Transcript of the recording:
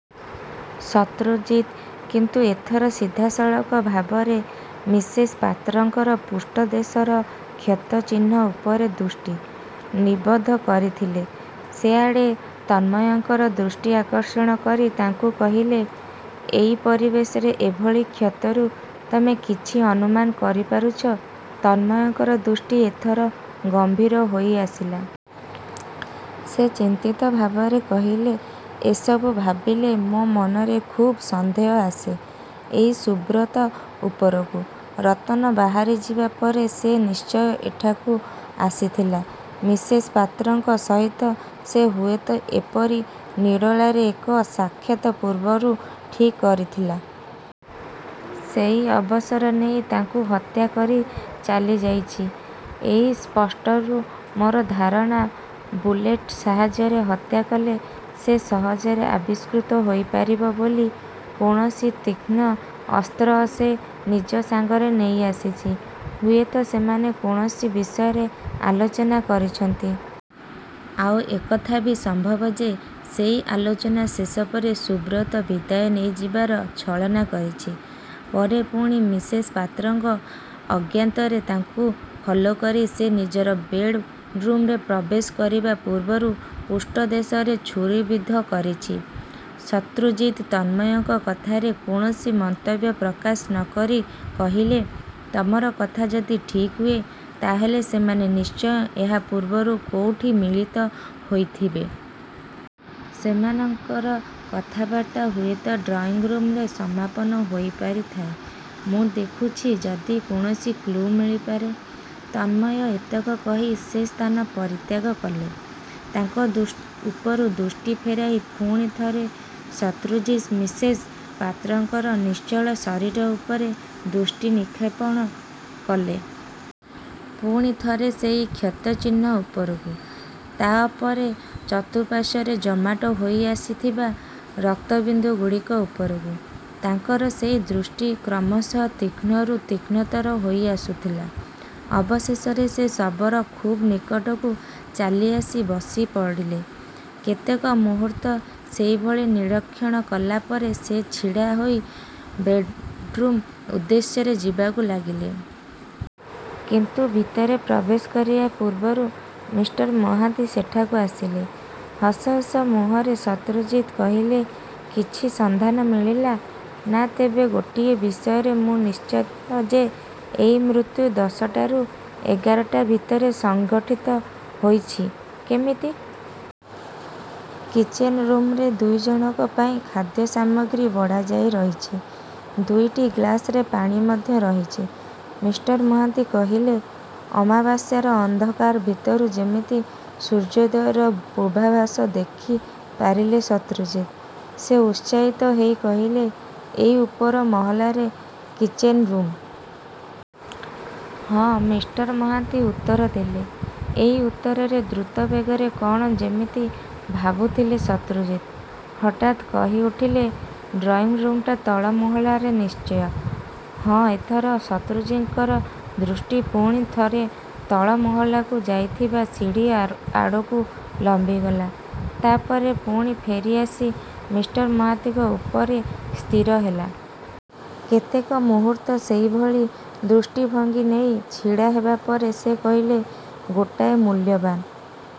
' ଶତ୍ରୁଜିତ କିନ୍ତୁ ଏଥର ସିଧାସଳଖ ଭାବରେ ମିସେସ୍ ପାତ୍ରଙ୍କର ପୃଷ୍ଠଦେଶର କ୍ଷତ ଚିହ୍ନ ଉପରେ ଦୃଷ୍ଟି। ନିବଦ୍ଧ କରିଥିଲେ। ସେଆଡ଼େ ତନ୍ମୟଙ୍କର ଦୃଷ୍ଟି ଆକର୍ଷଣ କରି ତାଙ୍କୁ କହିଲେ, 'ଏଇ ପରିବେଶରେ ଏଭଳି କ୍ଷତରୁ ତମେ କିଛି ଅନୁମାନ କରିପାରୁଛ? ' ତନ୍ମୟଙ୍କର ଦୃଷ୍ଟି ଏଥର ଗମ୍ଭୀର ହୋଇଆସିଲା। ସେ ଚିନ୍ତିତ ଭାବରେ କହିଲେ, 'ଏ ସବୁ ଭାବିଲେ ମୋ ମନରେ ଖୁବ୍ ସନ୍ଦେହ ଆସେ ଏଇ ସୁବ୍ରତ ଉପରକୁ। ରତନ ବାହାରିଯିବା ପରେ ସେ ନିଶ୍ଚୟ ଏଠାକୁ ଆସିଥିଲା। ମିସେସ୍ ପାତ୍ରଙ୍କ ସହିତ ସେ ହୁଏତ ଏପରି ନିରୋଳାରେ ଏକ ସାକ୍ଷାତ ପୂର୍ବରୁ ଠିକ୍ କରିଥିଲା। ସେଇ ଅବସର ନେଇ ତାଙ୍କୁ ହତ୍ୟା କରି ଚାଲିଯାଇଛି। ଏଇ ସ୍ପଟରୁ ମୋର ଧାରଣା, ବୁଲେଟ୍ ସାହାଯ୍ୟରେ ହତ୍ୟା କଲେ ସେ ସହଜରେ ଆବିଷ୍କୃତ ହେଇପାରିବ ବୋଲି କୌଣସି ତୀକ୍ଷ୍ଣ ଅସ୍ତ୍ର ସେ ନିଜ ସାଙ୍ଗରେ ନେଇଆସିଛି। ହୁଏତ ସେମାନେ କୌଣସି ବିଷୟରେ ଆଲୋଚନା କରିଛନ୍ତି। ଆଉ ଏକଥାବି ସମ୍ଭବ ଯେ ସେଇ ଆଲୋଚନା ଶେଷ ପରେ ସୁବ୍ରତ ବିଦାୟ ନେଇଯିବାର ଛଳନା କରିଛି। ପରେ ପୁଣି ମିସେସ୍ ପାତ୍ରଙ୍କ ଅଜ୍ଞାତରେ ତାଙ୍କୁ ଫଲୋ କରି ସେ ନିଜର ବେଡ୍ ରୁମ୍ରେ ପ୍ରବେଶ କରିବା ପୂର୍ବରୁ ପୃଷ୍ଟଦେଶରେ ଛୁରୀ ବିଦ୍ଧ କରିଛି। ' ଶତ୍ରୁଜିତ ତନ୍ମୟଙ୍କ କଥାରେ କୌଣସି ମନ୍ତବ୍ୟ ପ୍ରକାଶ ନକରି କହିଲେ, 'ତମର କଥା ଯଦି ଠିକ୍ ହୁଏ, ତା'ହେଲେ ସେମାନେ ନିଶ୍ଚୟ ଏହା ପୂର୍ବରୁ କୋଉଠି ମିଳିତ ହୋଇଥିବେ। ସେମାନଙ୍କର କଥାବାର୍ତ୍ତା ହୁଏତ ଡ୍ରଇଂ ରୁମ୍ରେ ସମାପନ ହୋଇପାରିଥାଏ। ' 'ମୁଁ ଦେଖୁଛି ଯଦି କୌଣସି କ୍ଲୁ ମିଳିପାରେ ' ତନ୍ମୟ ଏତକ କହି ସେ ସ୍ଥାନ ପରିତ୍ୟାଗ କଲେ। ତାଙ୍କ ଉପରୁ ଦୃଷ୍ଟି ଫେରାଇ ପୁଣି ଥରେ ଶତ୍ରୁଜିତ ମିସେସ୍ ପାତ୍ରଙ୍କର ନିଶ୍ଚଳ ଶରୀର ଉପରେ ଦୃଷ୍ଟି ନିକ୍ଷେପ କଲେ। ପୁଣି ଥରେ ସେଇ କ୍ଷତଚିହ୍ନ ଉପରକୁ, ତା'ପରେ ଚତୁଃପାର୍ଶ୍ୱରେ ଜମାଟ ହୋଇଆସିଥିବା ରକ୍ତବିନ୍ଦୁଗୁଡ଼ିକ ଉପରକୁ। ତାଙ୍କର ସେଇ ଦୃଷ୍ଟି କ୍ରମଶଃ ତୀକ୍ଷ୍ଣରୁ ତୀକ୍ଷ୍ଣତର ହେଇଆସୁଥିଲା। ଅବଶେଷରେ ସେ ଶବର ଖୁବ୍ ନିକଟକୁ ଚାଲିଆସି ବସିପଡ଼ିଲେ। କେତେକ ମୁହୂର୍ତ୍ତ ସେଇଭଳି ନିରୀକ୍ଷଣ କଲା ପରେ ସେ ଛିଡ଼ା ହୋଇ ବେଡ୍ରୁମ୍ ଉଦ୍ଦେଶ୍ୟରେ ଯିବାକୁ ଲାଗିଲେ। କିନ୍ତୁ ଭିତରେ ପ୍ରବେଶ କରିବା ପୂର୍ବରୁ ମି: ମହାନ୍ତି ସେଠାକୁ ଆସିଲେ। ହସହସ ମୁଖରେ ଶତ୍ରୁଜିତ କହିଲେ, 'କିଛି ସନ୍ଧାନ ମିଳିଲା? ' 'ନା, ତେବେ ଗୋଟିଏ ବିଷୟରେ ମୁଁ ନିଶ୍ଚିତ ଯେ ଏଇ ମୃତ୍ୟୁ ଦଶଟାରୁ ଏଗାରଟା ଭିତରେ ସଙ୍ଘଠିତ ହୋଇଛି। ' 'କେମିତି? ' 'କିଚେନ୍ ରୁମ୍ରେ ଦୁଇଜଣଙ୍କ ପାଇଁ ଖାଦ୍ୟସାମଗ୍ରୀ ବଢ଼ାଯାଇ ରହିଛି। ଦୁଇଟି ଗ୍ଲାସ୍ରେ ପାଣି ମଧ୍ୟ ରହିଚି। ' ମି: ମହାନ୍ତି କହିଲେ। ଅମାବାସ୍ୟାର ଅନ୍ଧକାର ଭିତରୁ ଯେମିତି ସୂର୍ଯ୍ୟୋଦୟର ପୂର୍ବାଭାସ ଦେଖିପାରିଲେ ଶତ୍ରୁଜିତ। ସେ ଉତ୍ସାହିତ ହେଇ କହିଲେ, 'ଏଇ ଉପର ମହଲାରେ କିଚେନ୍ ରୁମ୍? ' 'ହଁ', ମି: ମହାନ୍ତି ଉତ୍ତର ଦେଲେ। 'ଏଇ ଉତ୍ତରରେ ଦ୍ରୁତବେଗରେ କ'ଣ ଯେମିତି ଭାବୁଥିଲେ ଶତ୍ରୁଜିତ। ହଠାତ୍ କହିଉଠିଲେ, 'ଡ୍ରଇଂରୁମ୍ଟା ତଳମହଲାରେ ନିଶ୍ଚୟ? ' 'ହଁ' ଏଥର ଶତ୍ରୁଜିତଙ୍କର ଦୃଷ୍ଟି ପୁଣି ଥରେ ତଳମହଲାକୁ ଯାଇଥିବା ସିଡ଼ି ଆଡ଼କୁ ଲମ୍ବିଗଲା-। ତା'ପରେ ପୁଣି ଫେରି ଆସି, ମି: ମହାନ୍ତିଙ୍କ ଉପରେ ସ୍ଥିର ହେଲା। କେତେକ ମୁହୂର୍ତ୍ତ ସେହିଭଳି ଦୃଷ୍ଟିଭଙ୍ଗୀ ନେଇ ଛିଡ଼ା ହେବା ପରେ, ସେ କହିଲେ, 'ଗୋଟିଏ ମୂଲ୍ୟବାନ